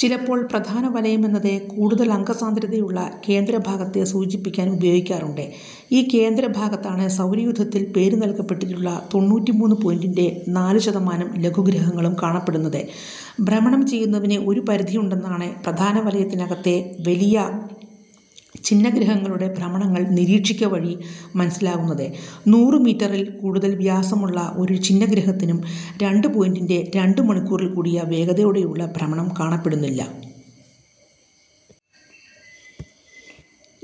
ചിലപ്പോൾ പ്രധാന വലയം എന്നത് കൂടുതൽ അംഗസാന്ദ്രതയുള്ള കേന്ദ്ര ഭാഗത്തെ സൂചിപ്പിക്കാൻ ഉപയോഗിക്കാറുണ്ട്. ഈ കേന്ദ്ര ഭാഗത്താണ് സൗരയൂഥത്തിൽ പേര് നൽകപ്പെട്ടിട്ടുള്ള തൊണ്ണൂറ്റിമൂന്ന് പോയിൻ്റെ നാല് ശതമാനം ലഘുഗ്രഹങ്ങളും കാണപ്പെടുന്നത്. ഭ്രമണം ചെയ്യുന്നതിന് ഒരു പരിധിയുണ്ടെന്നാണ് പ്രധാനവലയത്തിനകത്തെ വലിയ ഛിന്നഗ്രഹങ്ങളുടെ ഭ്രമണങ്ങൾ നിരീക്ഷിക്കുകവഴി മനസ്സിലാകുന്നത്. നൂറ് മീറ്ററിൽ കൂടുതൽ വ്യാസമുള്ള ഒരു ഛിന്നഗ്രഹത്തിനും രണ്ട് പോയിൻ്റെ രണ്ട് മണിക്കൂറിൽ കൂടിയ വേഗതയോടെയുള്ള ഭ്രമണം കാണപ്പെടുന്നില്ല.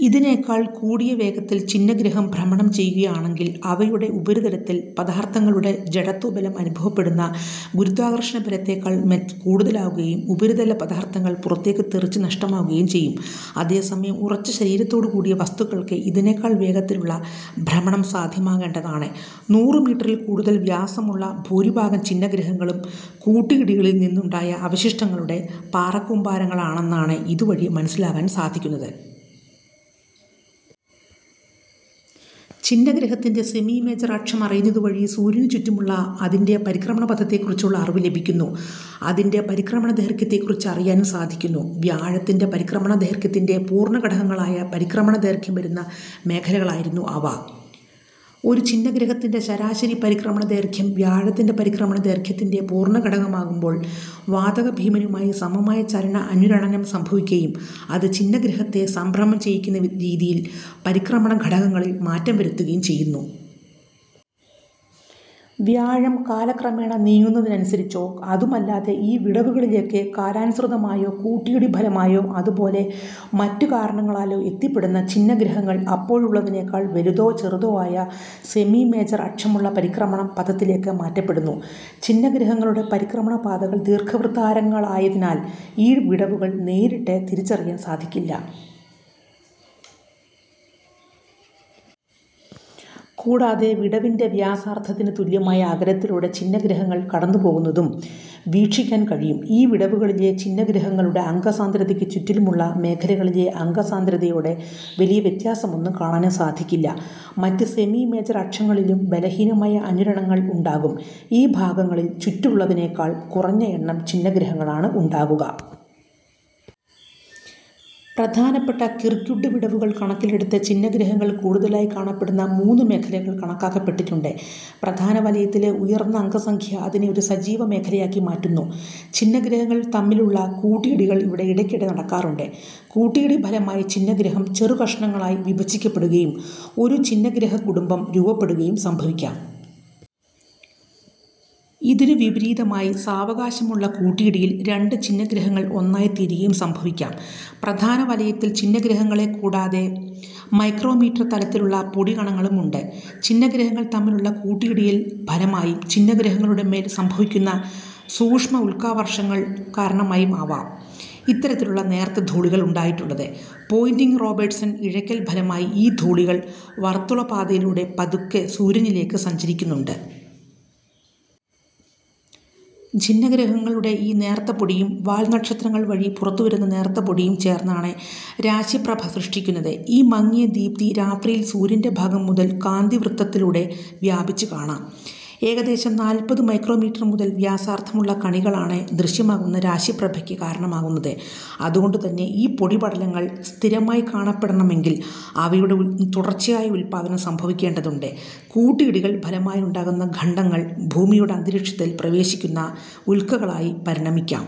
ഇതിനേക്കാൾ കൂടിയ വേഗത്തിൽ ഛിന്നഗ്രഹം ഭ്രമണം ചെയ്യുകയാണെങ്കിൽ അവയുടെ ഉപരിതലത്തിൽ പദാർത്ഥങ്ങളുടെ ജഡത്വബലം അനുഭവപ്പെടുന്ന ഗുരുത്വാകർഷണബലത്തേക്കാൾ കൂടുതലാകുകയും ഉപരിതല പദാർത്ഥങ്ങൾ പുറത്തേക്ക് തെറിച്ച് നഷ്ടമാകുകയും ചെയ്യും. അതേ സമയം ഉറച്ച ശരീരത്തോടു കൂടിയ വസ്തുക്കൾക്ക് ഇതിനേക്കാൾ വേഗത്തിലുള്ള ഭ്രമണം സാധ്യമാകേണ്ടതാണ്. നൂറ് മീറ്ററിൽ കൂടുതൽ വ്യാസമുള്ള ഭൂരിഭാഗം ഛിന്നഗ്രഹങ്ങളും കൂട്ടിയിടികളിൽ നിന്നുണ്ടായ അവശിഷ്ടങ്ങളുടെ പാറക്കൂമ്പാരങ്ങളാന്നാണ് ഇതുവഴി മനസ്സിലാക്കാൻ സാധിക്കുന്നത്. ഛിന്നഗ്രഹത്തിൻ്റെ സെമി മേജർ അക്ഷം അറിയുന്നതുവഴി സൂര്യനു ചുറ്റുമുള്ള അതിൻ്റെ പരിക്രമണപഥത്തെ കുറിച്ചുള്ള അറിവ് ലഭിക്കുന്നു, അതിൻ്റെ പരിക്രമണ ദൈർഘ്യത്തെ കുറിച്ച് അറിയാനും സാധിക്കുന്നു. വ്യാഴത്തിൻ്റെ പരിക്രമണ ദൈർഘ്യത്തിൻ്റെ പൂർണ്ണ ഘടകങ്ങളായ പരിക്രമണ ദൈർഘ്യം വരുന്ന മേഖലകളായിരുന്നു അവ.ഒരു ഛിന്നഗ്രഹത്തിൻ്റെ ശരാശരി പരിക്രമണ ദൈർഘ്യം വ്യാഴത്തിൻ്റെ പരിക്രമണ ദൈർഘ്യത്തിൻ്റെ പൂർണ്ണ ഘടകമാകുമ്പോൾ വാതക ഭീമനുമായി സമമായ ചലന അനുരണനം സംഭവിക്കുകയും അത് ഛിന്നഗ്രഹത്തെ സംഭ്രമം ചെയ്യിക്കുന്ന രീതിയിൽ പരിക്രമണ ഘടകങ്ങളിൽ മാറ്റം വരുത്തുകയും ചെയ്യുന്നു. വ്യാഴം കാലക്രമേണ നീങ്ങുന്നതിനനുസരിച്ചോ അതുമല്ലാതെ ഈ വിടവുകളിലേക്ക് കാലാനുസൃതമായോ കൂട്ടിയിടി ഫലമായോ അതുപോലെ മറ്റ് കാരണങ്ങളാലോ എത്തിപ്പെടുന്ന ഛിന്നഗ്രഹങ്ങൾ അപ്പോഴുള്ളതിനേക്കാൽ വലുതോ ചെറുതോ ആയ സെമി മേജർ അക്ഷമുള്ള പരിക്രമണം പഥത്തിലേക്ക് മാറ്റപ്പെടുന്നു. ഛിന്നഗ്രഹങ്ങളുടെ പരിക്രമണ പാതകൾ ദീർഘവൃത്താകാരങ്ങളായതിനാൽ ഈ വിടവുകൾ നേരിട്ട് തിരിച്ചറിയാൻ സാധിക്കില്ല. കൂടാതെ വിടവിൻ്റെ വ്യാസാർദ്ധത്തിനു തുല്യമായ അകലത്തിലൂടെ ഛിന്നഗ്രഹങ്ങൾ കടന്നുപോകുന്നതും വീക്ഷിക്കാൻ കഴിയും. ഈ വിടവുകളിലെ ഛിന്നഗ്രഹങ്ങളുടെ അംഗസാന്ദ്രതയ്ക്ക് ചുറ്റിലുമുള്ള മേഖലകളിലെ അംഗസാന്ദ്രതയോട് വലിയ വ്യത്യാസമൊന്നും കാണാനും സാധിക്കില്ല. മറ്റ് സെമി മേജർ അക്ഷങ്ങളിലും ബലഹീനമായ അനുരണങ്ങൾ ഉണ്ടാകും, ഈ ഭാഗങ്ങളിൽ ചുറ്റിലുള്ളതിനേക്കാൾ കുറഞ്ഞ എണ്ണം ഛിന്നഗ്രഹങ്ങളാണുണ്ടാകുക. പ്രധാനപ്പെട്ട കിർക്ക്വുഡ് വിടവുകൾ കണക്കിലെടുത്ത് ഛിന്നഗ്രഹങ്ങൾ കൂടുതലായി കാണപ്പെടുന്ന മൂന്ന് മേഖലകൾ കണക്കാക്കപ്പെട്ടിട്ടുണ്ട്. പ്രധാനവലയത്തിലെ ഉയർന്ന അംഗ സംഖ്യ അതിനെ ഒരു സജീവ മേഖലയാക്കി മാറ്റുന്നു, ഛിന്നഗ്രഹങ്ങൾ തമ്മിലുള്ള കൂട്ടിയിടികൾ ഇവിടെ ഇടയ്ക്കിടെ നടക്കാറുണ്ട്. കൂട്ടിയിടി ഫലമായി ഛിന്നഗ്രഹം ചെറു കഷണങ്ങളായി വിഭജിക്കപ്പെടുകയും ഒരു ഛിന്നഗ്രഹ കുടുംബം രൂപപ്പെടുകയും സംഭവിക്കാം. ഇതിനു വിപരീതമായി സാവകാശമുള്ള കൂട്ടിയിടിയിൽ രണ്ട് ഛിന്നഗ്രഹങ്ങൾ ഒന്നായി തീരുകയും സംഭവിക്കാം. പ്രധാനവലയത്തിൽ ഛിന്നഗ്രഹങ്ങളെ കൂടാതെ മൈക്രോമീറ്റർ തലത്തിലുള്ള പൊടി കണങ്ങളും ഉണ്ട്. ഛിന്നഗ്രഹങ്ങൾ തമ്മിലുള്ള കൂട്ടിയിടികൾ ഫലമായും, ഛിന്നഗ്രഹങ്ങളുടെ മേൽ സംഭവിക്കുന്ന സൂക്ഷ്മ ഉൽക്കാവർഷങ്ങൾ കാരണമായും ആവാം ഇത്തരത്തിലുള്ള നേർത്ത ധൂളികൾ ഉണ്ടായിട്ടുള്ളത്. പോയിൻ്റിങ് റോബേർട്ട്സൺ ഇഴക്കൽ ഫലമായി ഈ ധൂളികൾ വർത്തുളപാതയിലൂടെ പതുക്കെ സൂര്യനിലേക്ക് സഞ്ചരിക്കുന്നുണ്ട്. ഛിന്നഗ്രഹങ്ങളുടെ ഈ നേർത്ത പൊടിയും വാൽനക്ഷത്രങ്ങൾ വഴി പുറത്തുവരുന്ന നേർത്തപൊടിയും ചേർന്നാണ് രാശി പ്രഭ സൃഷ്ടിക്കുന്നത്. ഈ മങ്ങിയ ദീപ്തി രാത്രിയിൽ സൂര്യൻ്റെ ഭാഗം മുതൽ കാന്തിവൃത്തതിലൂടെ വ്യാപിച്ച് കാണാം. ഏകദേശം നാൽപ്പത് മൈക്രോമീറ്റർ മുതൽ വാസാർദ്ധമുള്ള കണികളാണ് ദൃശ്യമാകുന്ന രാശിപ്രഭയ്ക്ക് കാരണമാകുന്നത്. അതുകൊണ്ട് തന്നെ ഈ പൊടിപടലങ്ങൾ സ്ഥിരമായി കാണപ്പെടണമെങ്കിൽ അവയുടെ തുടർച്ചയായ ഉല്പാദനം സംഭവിക്കേണ്ടതുണ്ട്. കൂട്ടിയിടികൾ ഫലമായുണ്ടാകുന്ന ഖണ്ഡങ്ങൾ ഭൂമിയുടെ അന്തരീക്ഷത്തിൽ പ്രവേശിക്കുന്ന ഉൽക്കകളായി പരിണമിക്കാം.